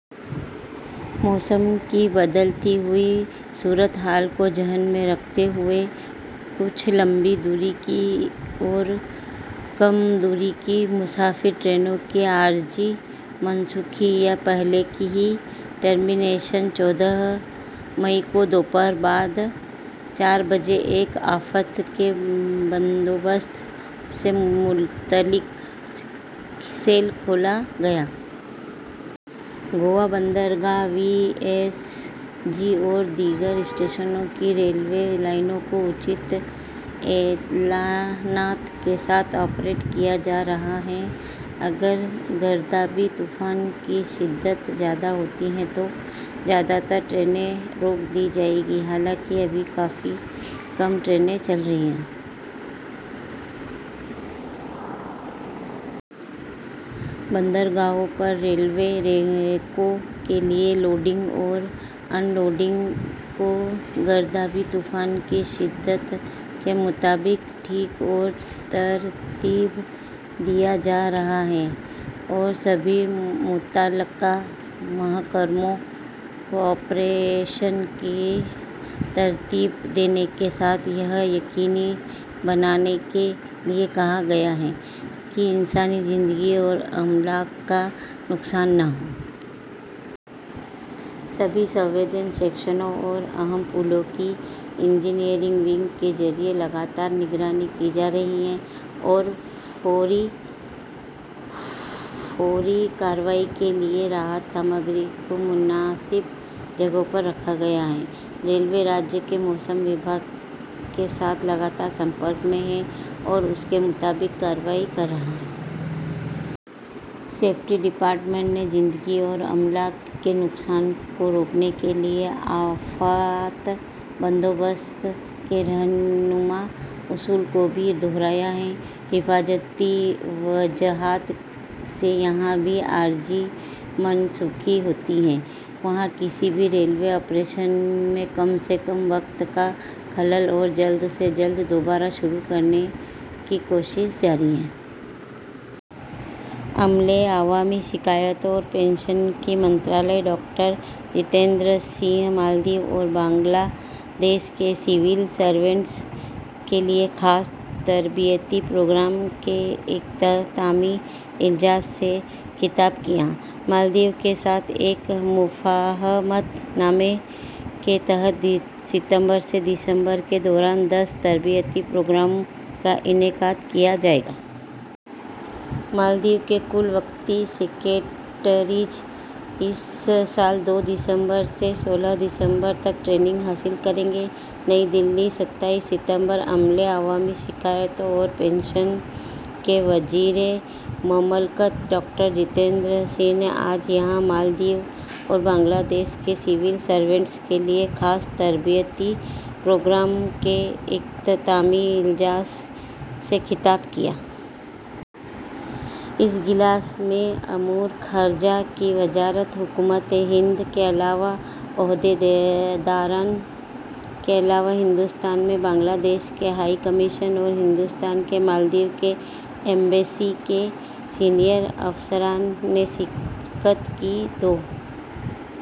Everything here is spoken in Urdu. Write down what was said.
موسم کی بدلتی ہوئی صورتحال کو ذہن میں رکھتے ہوئے کچھ لمبی دوری اور کم دوری کی مسافر ٹرینوں کی عارضی منسوخی یا پہلے ہی ٹرمینیشن۔ چودہ مئی کو دوپہر بعد چار بجے ایک آفات کے بندوبست سے متعلق سیل کھولا گیا ہے۔ گوا بندرگاہ، وی ایس جی اور دیگر اسٹیشنوں کی ریلوے لائنوں کو مناسب اعلانات کے ساتھ آپریٹ کیا جا رہا ہے۔ اگر گردابی طوفان کی شدت زیادہ ہوتی ہے تو بیشتر ٹرینیں روک دی جائیں گی، حالانکہ ابھی کافی کم ٹرینیں چل رہی ہیں۔ بندرگاہوں پر ریلوے ریکوں کے لیے لوڈنگ اور ان لوڈنگ کو گردابی طوفان کی شدت کے مطابق ٹھیک اور ترتیب دیا جا رہا ہے اور سبھی متعلقہ محکموں کو آپریشن کو ترتیب دینے کے ساتھ یہ یقینی بنانے کے لیے کہا گیا ہے کہ انسانی زندگی اور املاک کا نقصان نہ ہو۔ سبھی حساس سیکشن اور اہم پلوں کی انجینئرنگ شاخ کے ذریعے مسلسل نگرانی کی جا رہی ہے اور فوری کارروائی کے لیے راحتی سازوسامان کو معقول جگہوں پر رکھا گیا ہے۔ ریلوے ریاست کے محکمہ موسمیات کے ساتھ مسلسل رابطے میں ہے اور اس کے مطابق کارروائی کر رہا ہے۔ سیفٹی ڈپارٹمنٹ نے زندگی اور املاک کے نقصان کو روکنے کے لیے آفات بندوبست کے رہنما اصول کو بھی دہرایا ہے۔ حفاظتی وجوہات سے جہاں بھی عارضی منسوخی ہوتی ہے، وہاں کسی بھی ریلوے آپریشن میں کم از کم وقت کا خلل اور جلد سے جلد دوبارہ شروع کرنے کی کوششیں جاری ہیں۔ عملے، عوامی شکایات اور پنشن کی وزارت ڈاکٹر جتیندر سنگھ نے مالدیپ اور بنگلہ دیش کے سول سروینٹس کے لیے خصوصی تربیتی پروگرام کے اختتامی اجلاس سے خطاب کیا۔ مالدیپ کے ساتھ ایک مفاہمت نامہ کے تحت ستمبر سے دسمبر کے دوران دس تربیتی پروگراموں کا انعقاد کیا جائے گا۔ مالدیپ کے کل وقتی سیکریٹریز اس سال دو دسمبر سے سولہ دسمبر تک ٹریننگ حاصل کریں گے۔ نئی دہلی، ستائیس ستمبر۔ عملہ، عوامی شکایات اور پنشن کے وزیر مملکت ڈاکٹر جتیندر سنگھ نے آج یہاں مالدیپ اور بنگلہ دیش کے سول سروینٹس کے لیے خصوصی تربیتی پروگرام کے اختتامی اجلاس سے خطاب کیا۔ اس اجلاس میں امور خارجہ کی وزارت، حکومت ہند کے اعلیٰ عہدیداران کے علاوہ ہندوستان میں بنگلہ دیش کے ہائی کمیشن اور ہندوستان میں مالدیپ کی ایمبیسی کے سینئر افسران نے شرکت کی۔ دو